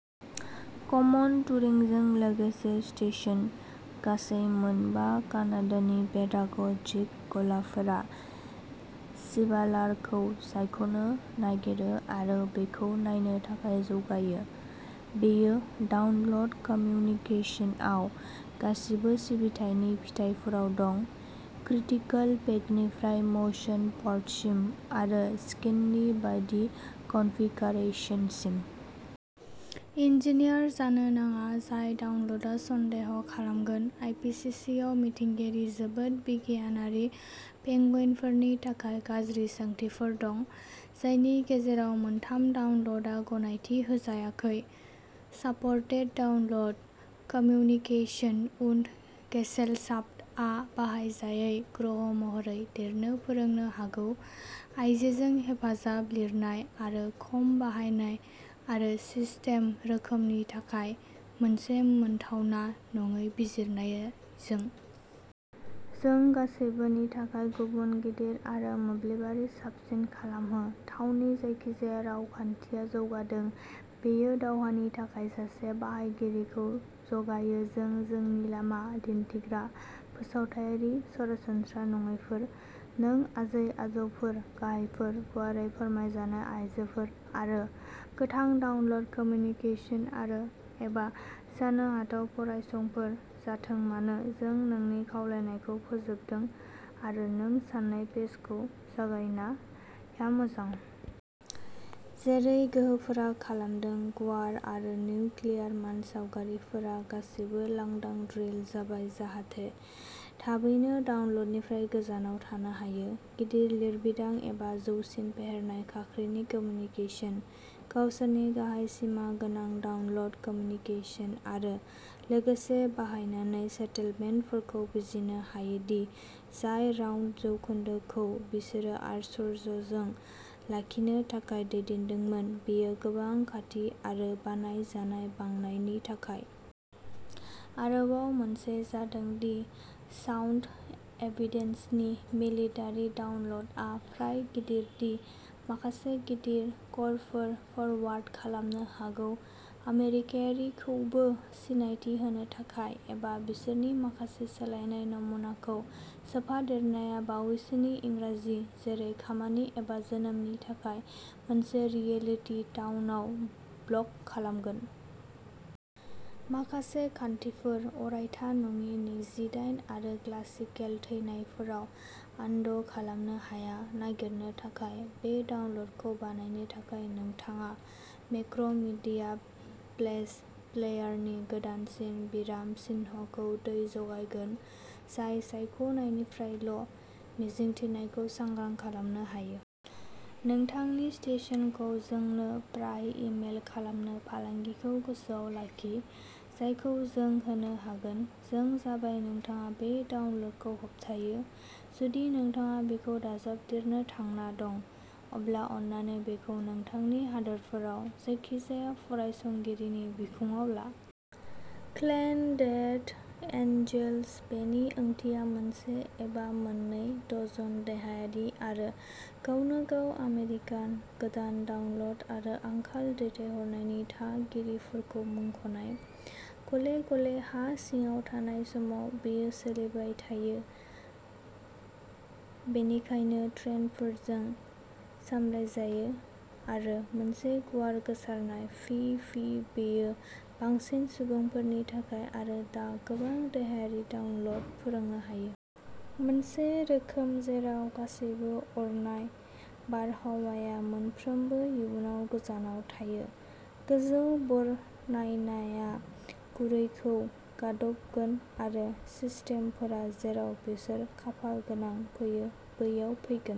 कमन टुरिंजों लोगोसे स्टेशन। गासै मोनबा कानाडानि पेडाग' जिक गलाफोरा सिबारालखौ सायख'नो नागिरो आरो बेखौ नायनो थाखाय जौगायो। बेयो, डाउनल'ड कम्यूनिकेशनआव, गासिबो सिबिथायनि फिथाइफोराव दं, क्रिटिकल पेकनिफ्राय म'शन पर्टसिम, आरो स्किन्नि बायदि कनफिगारेशनसिम। इन्जीनियार जानो नाङा, जाय डाउनल'डआ सन्देह खालामगोन, आइपिसिसिआव मिथिंगायारि जोबोद बिगियानारि पेंगुइनफोरनि थाखाय गाज्रि सोंथिफोर दं, जायनि गेजेराव मोनथाम डाउनल'डआ गनायथि होजायाखै। सापर्टेड डाउनल'ड कम्यूनिकेशन उन्ड गेसेलशाफ्ट आ बाहायजायै ग्रह महरै देरनो फोरोंनो हागौ, आइजोजों हेफाजाब लिरनाय आरो खम बाहायनाय आरो सिस्टेम रोखोमनि थाखाय मोनसे मोनथावना नङै बिजिरनायजों। जों गासैबोनि थाखाय गुबुन गिदिर आरो मोब्लिबारि साबसिन खालामहो थावनि जायखिजाया रावखान्थिया जौगादों। बेयो दावहानि थाखाय सासे बाहायगिरिखौ जगायो जों जोंनि लामा दिन्थिग्रा फोसावथायारि सरासनस्रा नङैफोर। नों आजै-आजौफोर, गाहायफोर, गुवारै फोरमायजानाय आयजोफोर, आरो, गोथां डाउनल'ड कम्यूनिकेशन आरो, एबा जानो हाथाव फरायसंफोर जाथों मानो, जों नोंनि खावलायनायखौ फोजोबदों आरो नों सान्नाय पेजखौ जागायनाया मोजां। जेरै गोहोफोरा खालामदों, गुवार आरो निउक्लियार मानसावगारिफोरा गासैबो लांदां ड्रिल जाबाय जाहाथे थाबैनो डाउनल'डनिफ्राय गोजानाव थानो हायो। गिदिर लिरबिदां एबा जौसिन फेहेरनाय खाख्रिनि कम्यूनिकेशन। गावसोरनि गाहाय सिमा गोनां डाउनल'ड कम्यूनिकेशन आरो लोगोसे बाहायनानै सेटेलमेन्टफोरखौ बुजिनो हायो दि जाय राउन्ड जौखोन्दो खौ बिसोरो आश्चर्यजों लाखिनो थाखाय दैदेनदोंमोन बेयो गोबां खाथि आरो बानायजानाय, बांनायनि थाखाय। आरोबाव मोनसे जादों दि साउन्ड एभिडेन्सनि मिलिटारि डाउनल'डआ फ्राय गिदिर दि माखासे गिदिर कलफोर फरवार्ड खालामनो हागौ। आमेरिकायारिखौबो सिनायथि होनो थाखाय, एबा बिसोरनि माखासे सोलायनाय नमुनाखौ सोफादेरनाया बावैसोनि इंराजि, जेरै खामानि एबा जोनोमनि थाखाय मोनसे रियेलिटि टाउनआव ब्लक खालामगोन। माखासे खान्थिफोर, अरायथा नङि नैजि-दाइन आरो क्लासिकेल थैनायफोराव, आनद' खालामनो हाया। नागिरनो थाखाय। बे डाउनल'डखौ बानायनो थाखाय नोंथाङा मेक्र' मिडिया फ्लेश प्लेयारनि गोदानसिन विराम चिह्नखौ दै जगायगोन, जाय सायख' नायनिफ्रायल' मिजिंथिनायखौ सांग्रां खालामनो हायो। नोंथांनि स्टेशनखौ जोंनो फ्राय इ-मेल खालामनो फालांगिखौ गोसोआव लाखि, जायखौ जों होनो हागोन। जों जाबाय नोंथाङा बे डाउनल'डखौ होबथायो। जुदि नोंथाङा बेखौ दाजाबदेरनो थांना दं, अब्ला अन्नानै बेखौ नोंथांनि हादोरफोराव जायखिजाया फरायसंगिरिनि बिखुङाव ला। क्लेन डेथ एन्जेल्स बेनि ओंथिया मोनसे एबा मोननै डजन देहायारि आरो गावनो गाव आमेरिकान, गोदान डाउनल'ड आरो आंखाल दैथायहरनायनि थागिरिफोरखौ मुंख'नाय। गले-गले हा सिङाव थानाय समाव, बेयो सोलिबाय थायो। बेनिखायनो ट्रेन्डफोरजों सामलायजायो। आरो मोनसे गुवार गोसारनाय फि फि बेयो बांसिन सुबुंफोरनि थाखाय आरो दा गोबां देहायारि डाउनल'ड फोरोंनो हायो। मोनसे रोखोम जेराव गासैबो अरनाय बारहावाया मोनफ्रोमबो इयुनाव गोजानाव थायो, गोजौ बरनायनाया गुरैखौ गादबगोन आरो सिस्टेमफोरा जेराव बिसोर खाफालगोनां फैयो बैयाव फैगोन।